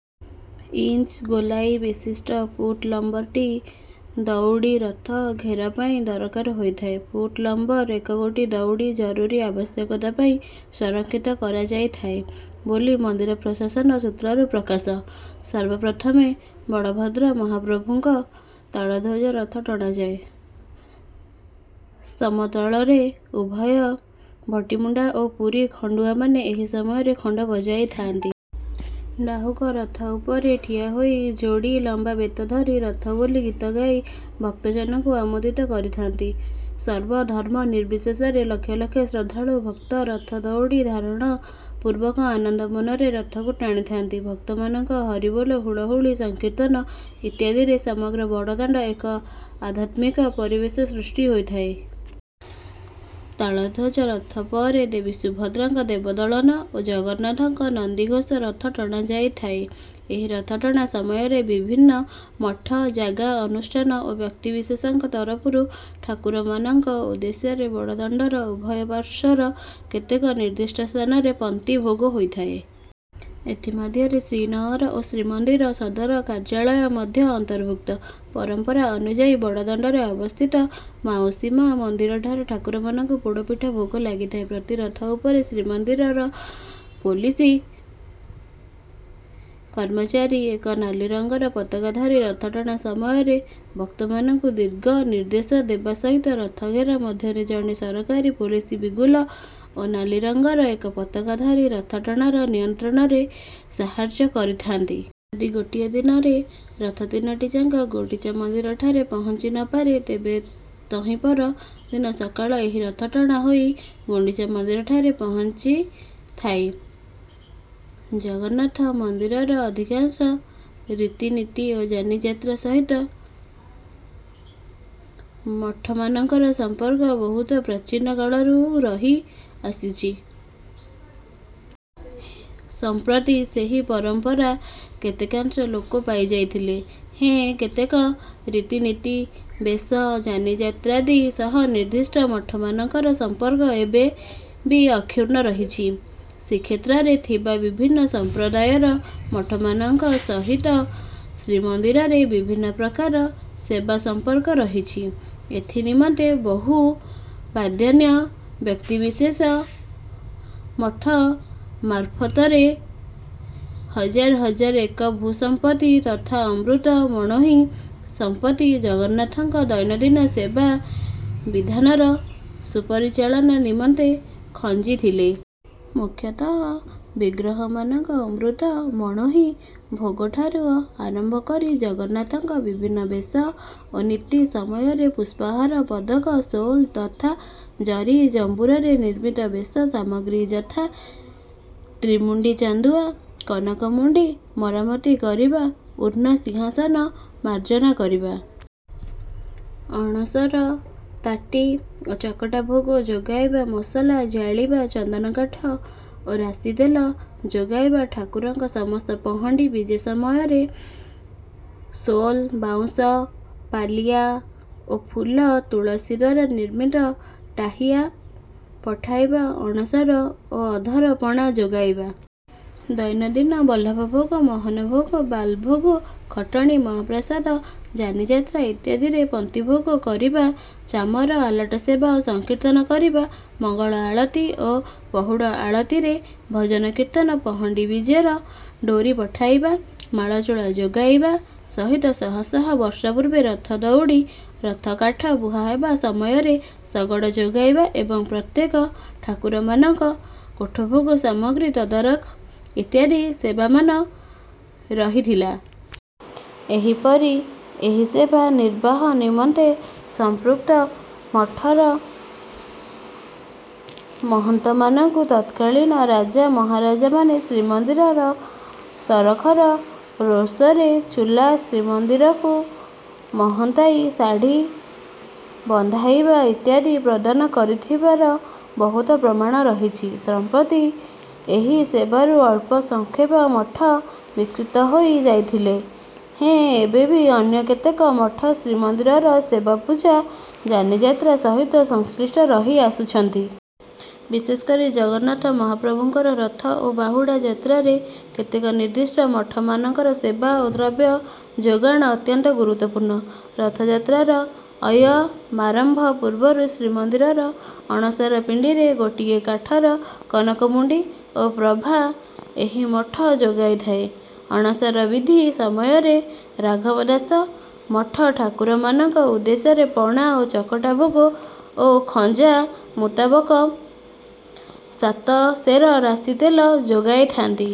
Inch ଗୋଲାଇ ବିଶିଷ୍ଟ foot ଲମ୍ବର ଟି ଦଉଡି ରଥ ଘେର ପାଇଁ ଦରକାର ହୋଇଥାଏ। ଫୁଟ୍ ଲମ୍ବର ଏକଗୋଟି ଦଉଡି ଜରୁରୀ ଆବଶ୍ୟକତା ପାଇଁ ସଂରକ୍ଷିତ ରଖାଯାଇଥାଏ ବୋଲି ମନ୍ଦିର ପ୍ରଶାସନ ସୂତ୍ରରୁ ପ୍ରକାଶ। ସର୍ବପ୍ରଥମେ ବଳଭଦ୍ର ମହାପ୍ରଭୁଙ୍କ ତାଳଧ୍ୱଜ ରଥ ଟଣାଯାଏ। ସମତାଳରେ ଉଭୟ ଭଟିମୁଣ୍ଡା ଓ ପୁରୀ ଘଣ୍ଟୁଆମାନେ ଏହି ସମୟରେ ଘଣ୍ଟ ବଜାଇଥାନ୍ତି। ଡାହୁକ ରଥ ଉପରେ ଠିଆ ହୋଇ ଯୋଡ଼ି ଲମ୍ବା ବେତ ଧରି ରଥ ବୋଲି ଗୀତ ଗାଇ ଭକ୍ତଜନଙ୍କୁ ଆମୋଦିତ କରିଥାନ୍ତି। ସର୍ବ ଧର୍ମ ନିର୍ବିଶେଷରେ ଲକ୍ଷ ଲକ୍ଷ ଶ୍ରଦ୍ଧାଳୁ ଭକ୍ତ ରଥ ଦଉଡ଼ି ଧାରଣ ପୂର୍ବକ ଆନନ୍ଦ ମନରେ ରଥକୁ ଟାଣିଥାନ୍ତି। ଭକ୍ତମାନଙ୍କ ହରିବୋଲ, ହୁଳହୁଳି, ସଂକୀର୍ତ୍ତନ ଇତ୍ୟାଦିରେ ସମଗ୍ର ବଡ଼ଦାଣ୍ଡ ଏକ ଆଧ୍ୟାତ୍ମିକ ପରିବେଶ ସୃଷ୍ଟି ହୋଇଥାଏ। ତାଳଧ୍ୱଜ ରଥ ପରେ ଦେବୀ ସୁଭଦ୍ରାଙ୍କ ଦେବଦଳନ ଓ ଜଗନ୍ନାଥଙ୍କ ନନ୍ଦିଘୋଷ ରଥ ଟଣା ଯାଇଥାଏ। ଏହି ରଥ ଟଣା ସମୟରେ ବିଭିନ୍ନ ମଠ, ଜାଗା, ଅନୁଷ୍ଠାନ ଓ ବ୍ୟକ୍ତିବିଶେଷଙ୍କ ତରଫରୁ ଠାକୁରମାନଙ୍କ ଉଦ୍ଦେଶ୍ୟରେ ବଡ଼ଦାଣ୍ଡର ଉଭୟ ପାର୍ଶ୍ୱର କେତେକ ନିର୍ଦ୍ଦିଷ୍ଟ ସ୍ଥାନରେ ପନ୍ତି ଭୋଗ ହୋଇଥାଏ। ଏଥି ମଧ୍ୟରେ ଶ୍ରୀନଅର ଓ ଶ୍ରୀମନ୍ଦିର ସଦର କାର୍ଯ୍ୟାଳୟ ମଧ୍ୟ ଅନ୍ତର୍ଭୁକ୍ତ। ପରମ୍ପରା ଅନୁଯାୟୀ ବଡ଼ଦାଣ୍ଡରେ ଅବସ୍ଥିତ ମାଉସୀ ମା' ମନ୍ଦିରଠାରେ ଠାକୁରମାନଙ୍କୁ ପୋଡ଼ ପିଠା ଭୋଗ ଲାଗିଥାଏ। ପ୍ରତି ରଥ ଉପରେ ଶ୍ରୀମନ୍ଦିର ପୋଲିସ କର୍ମଚାରୀ ଏକ ନାଲି ରଙ୍ଗର ପତାକା ଧରି ରଥଟଣା ସମୟରେ ଭକ୍ତମାନଙ୍କୁ ଦିଗ ନିର୍ଦ୍ଦେଶ ଦେବା ସହିତ ରଥ ଘେର ମଧ୍ୟରେ ଜଣେ ସରକାରୀ ପୋଲିସ ବିଗୁଲ ଓ ନାଲି ରଙ୍ଗର ଏକ ପତାକା ଧରି ରଥଟଣାର ନିୟନ୍ତ୍ରଣରେ ସାହାହର୍ଯ୍ୟ କରିଥାନ୍ତି। ଯଦି ଗୋଟିଏ ଦିନରେ ରଥ ତିନିଟି ଯାକ ଗୁଣ୍ଡିଚା ମନ୍ଦିରଠାରେ ପହଞ୍ଚି ନ ପାରେ, ତେବେ ତହିଁପର ଦିନ ସକାଳେ ଏହି ରଥଟଣା ହୋଇ ଗୁଣ୍ଡିଚା ମନ୍ଦିରଠାରେ ପହଞ୍ଚିଥାଏ। ଜଗନ୍ନାଥ ମନ୍ଦିରର ଅଧିକାଂଶ ରୀତିନୀତି ଓ ଯାନିଯାତ୍ରାଦି ସହିତ ମଠମାନଙ୍କର ସମ୍ପର୍କ ବହୁ ପ୍ରାଚୀନ କାଳରୁ ରହି ଆସିଛି। ସମ୍ପ୍ରତି ସେହି ପରମ୍ପରା କେତେକାଂଶ ଲୋପ ପାଇ ଯାଇଥିଲେ ହେଁ, କେତେକ ରୀତିନିତି, ବେଶ, ଯାନିଯାତ୍ରାଦି ସହ ନିର୍ଦ୍ଦିଷ୍ଟ ମଠମାନଙ୍କର ସମ୍ପର୍କ ଏବେ ବି ଅକ୍ଷୁର୍ଣ୍ଣ ରହିଛି। ଶ୍ରୀକ୍ଷେତ୍ରରେ ଥିବା ବିଭିନ୍ନ ସମ୍ପ୍ରଦାୟର ମଠମାନଙ୍କ ସହିତ ଶ୍ରୀମନ୍ଦିରରେ ବିଭିନ୍ନ ପ୍ରକାର ସେବା ସମ୍ପର୍କ ରହିଛି। ଏଥି ନିମନ୍ତେ ବହୁ ବଦାନ୍ୟ ବ୍ୟକ୍ତିବିଶେଷ ମଠ ମାରଫତରେ ହଜାର ହଜାର ଏକ ଭୂ-ସମ୍ପତି ତଥା ଅମୃତ ମଣୋହି ସମ୍ପତ୍ତି ଜଗନ୍ନାଥଙ୍କ ଦୈନନ୍ଦିନ ସେବା ବିଧାନର ସୁପରିଚାଳନା ନିମନ୍ତେ ଖଞ୍ଜିଥିଲେ। ମୂଖ୍ୟତଃ ବିଗ୍ରହମାନଙ୍କ ଅମୃତ ମୋଣହି ଭୋଗଠାରୁ ଆରମ୍ଭ କରି ଜଗନ୍ନାଥଙ୍କ ବିଭିନ୍ନ ବେଶ ଓ ନୀତି ସମୟରେ ପୁଷ୍ପହାର, ପଦକ, ସୋଲ ତଥା ଜରି ଜମ୍ବୁରାରେ ନିର୍ମିତ ବେଶ ସାମଗ୍ରୀ ଯଥା ତ୍ରିମୁଣ୍ଡି ଚାନ୍ଦୁଆ, କନକ ମୁଣ୍ଡି ମରାମତି କରିବା, ରତ୍ନ ସିଂହାସନ ମାର୍ଜନା କରିବା, ଅଣସର ତାଟି ଓ ଚକଟା ଭୋଗ ଯୋଗାଇବା, ମଶାଲ ଜାଳିବା, ଚନ୍ଦନ କାଠ ଓ ରାଶି ତେଲ ଯୋଗାଇବା, ଠାକୁରଙ୍କ ସମସ୍ତ ପହଣ୍ଡି ବିଜେ ସମୟରେ ସୋଲ, ବାଉଁଶ ପାଲିଆ ଓ ଫୁଲ ତୁଳସୀଦ୍ୱାରା ନିର୍ମିତ ଟାହିୟା ପଠାଇବା, ଅଣସର ଓ ଅଧର ପଣା ଯୋଗାଇବା, ଦୈନନ୍ଦିନ ବଲ୍ଲଭ ଭୋଗ, ମହନ ଭୋଗ, ବାଲ ଭୋଗ, ଖଟଣି ମହାପ୍ରସାଦ, ଯାନିଯାତ୍ରା ଇତ୍ୟାଦିରେ ପନ୍ତି ଭୋଗ କରିବା, ଚାମର, ଆଲଟ ସେବା ଓ ସଂକୀର୍ତ୍ତନ କରିବା, ମଙ୍ଗଳ ଆଳତି ଓ ପହୁଡ଼ ଆଳତିରେ ଭଜନ କୀର୍ତ୍ତନ, ପହଣ୍ଡି ବିଜେର ଡୋରୀ ପଠାଇବା, ମାଳଚୂଳ ଯୋଗାଇବା ସହିତ ଶହ ଶହ ବର୍ଷ ପୂର୍ବେ ରଥ ଦଉଡି଼, ରଥକାଠ ବୁହା ହେବା ସମୟରେ ଶଗଡ଼ ଯୋଗାଇବା ଏବଂ ପ୍ରତ୍ୟେକ ଠାକୁରମାନଙ୍କ କୋଠ ଭୋଗ ସାମଗ୍ରୀ ତଦାରଖ ଇତ୍ୟାଦି ସେବାମାନ ରହିଥିଲା। ଏହିପରି ଏହି ସେବା ନିର୍ବାହ ନିମନ୍ତେ ସମ୍ପୃକ୍ତ ମଠର ମହନ୍ତମାନଙ୍କୁ ତତ୍କାଳୀନ ରାଜା ମହାରାଜାମାନେ ଶ୍ରୀମନ୍ଦିର ସରଘର, ରୋଷରେ ଚୁଲା, ଶ୍ରୀମନ୍ଦିରକୁ ମହନ୍ତାଇ ଶାଢ଼ୀ଼ ବନ୍ଧାଇବା ଇତ୍ୟାଦି ପ୍ରଦାନ କରିଥିବାର ବହୁତ ପ୍ରମାଣ ରହିଛି। ସମ୍ପ୍ରତି ଏହି ସେବାରୁ ଅଳ୍ପ ସଂଖ୍ୟକ ମଠ ବିଚ୍ୟୁତ ହୋଇ ଯାଇଥିଲେ ହେଁ, ଏବେବି ଅନ୍ୟ କେତେକ ମଠ ଶ୍ରୀମନ୍ଦିରର ସେବାପୁଜା, ଯାନିଯାତ୍ରା ସହିତ ସଂଶ୍ଳିଷ୍ଟ ରହି ଆସୁଅଛନ୍ତି। ବିଶେଷକରି ଜଗନ୍ନାଥ ମହାପ୍ରଭୁଙ୍କର ରଥ ଓ ବାହୁଡା଼ ଯାତ୍ରାରେ କେତେକ ନିର୍ଦ୍ଦିଷ୍ଟ ମଠମାନଙ୍କର ସେବା ଓ ଦ୍ରବ୍ୟ ଯୋଗାଣ ଅତ୍ୟନ୍ତ ଗୁରୁତ୍ୱପୂର୍ଣ୍ଣ। ରଥଯାତ୍ରାର ଅୟମାରମ୍ଭ ପୂର୍ବରୁ ଶ୍ରୀମନ୍ଦିରର ଅଣସର ପିଣ୍ଡିରେ ଗୋଟିଏ କାଠର କନକମୁଣ୍ଡି ଓ ପ୍ରଭା ଏହି ମଠ ଯୋଗାଇଥାଏ। ଅଣସର ବିଧି ସମୟରେ ରାଘବ ଦାସ ମଠ ଠାକୁରମାନଙ୍କ ଉଦ୍ଦେଶ୍ୟରେ ପଣା ଓ ଚକଟା ଭୋଗ, ଓ ଖଞ୍ଜା ମୁତାବକ ସାତ ସେର ରାଶି ତେଲ ଯୋଗାଇଥାନ୍ତି।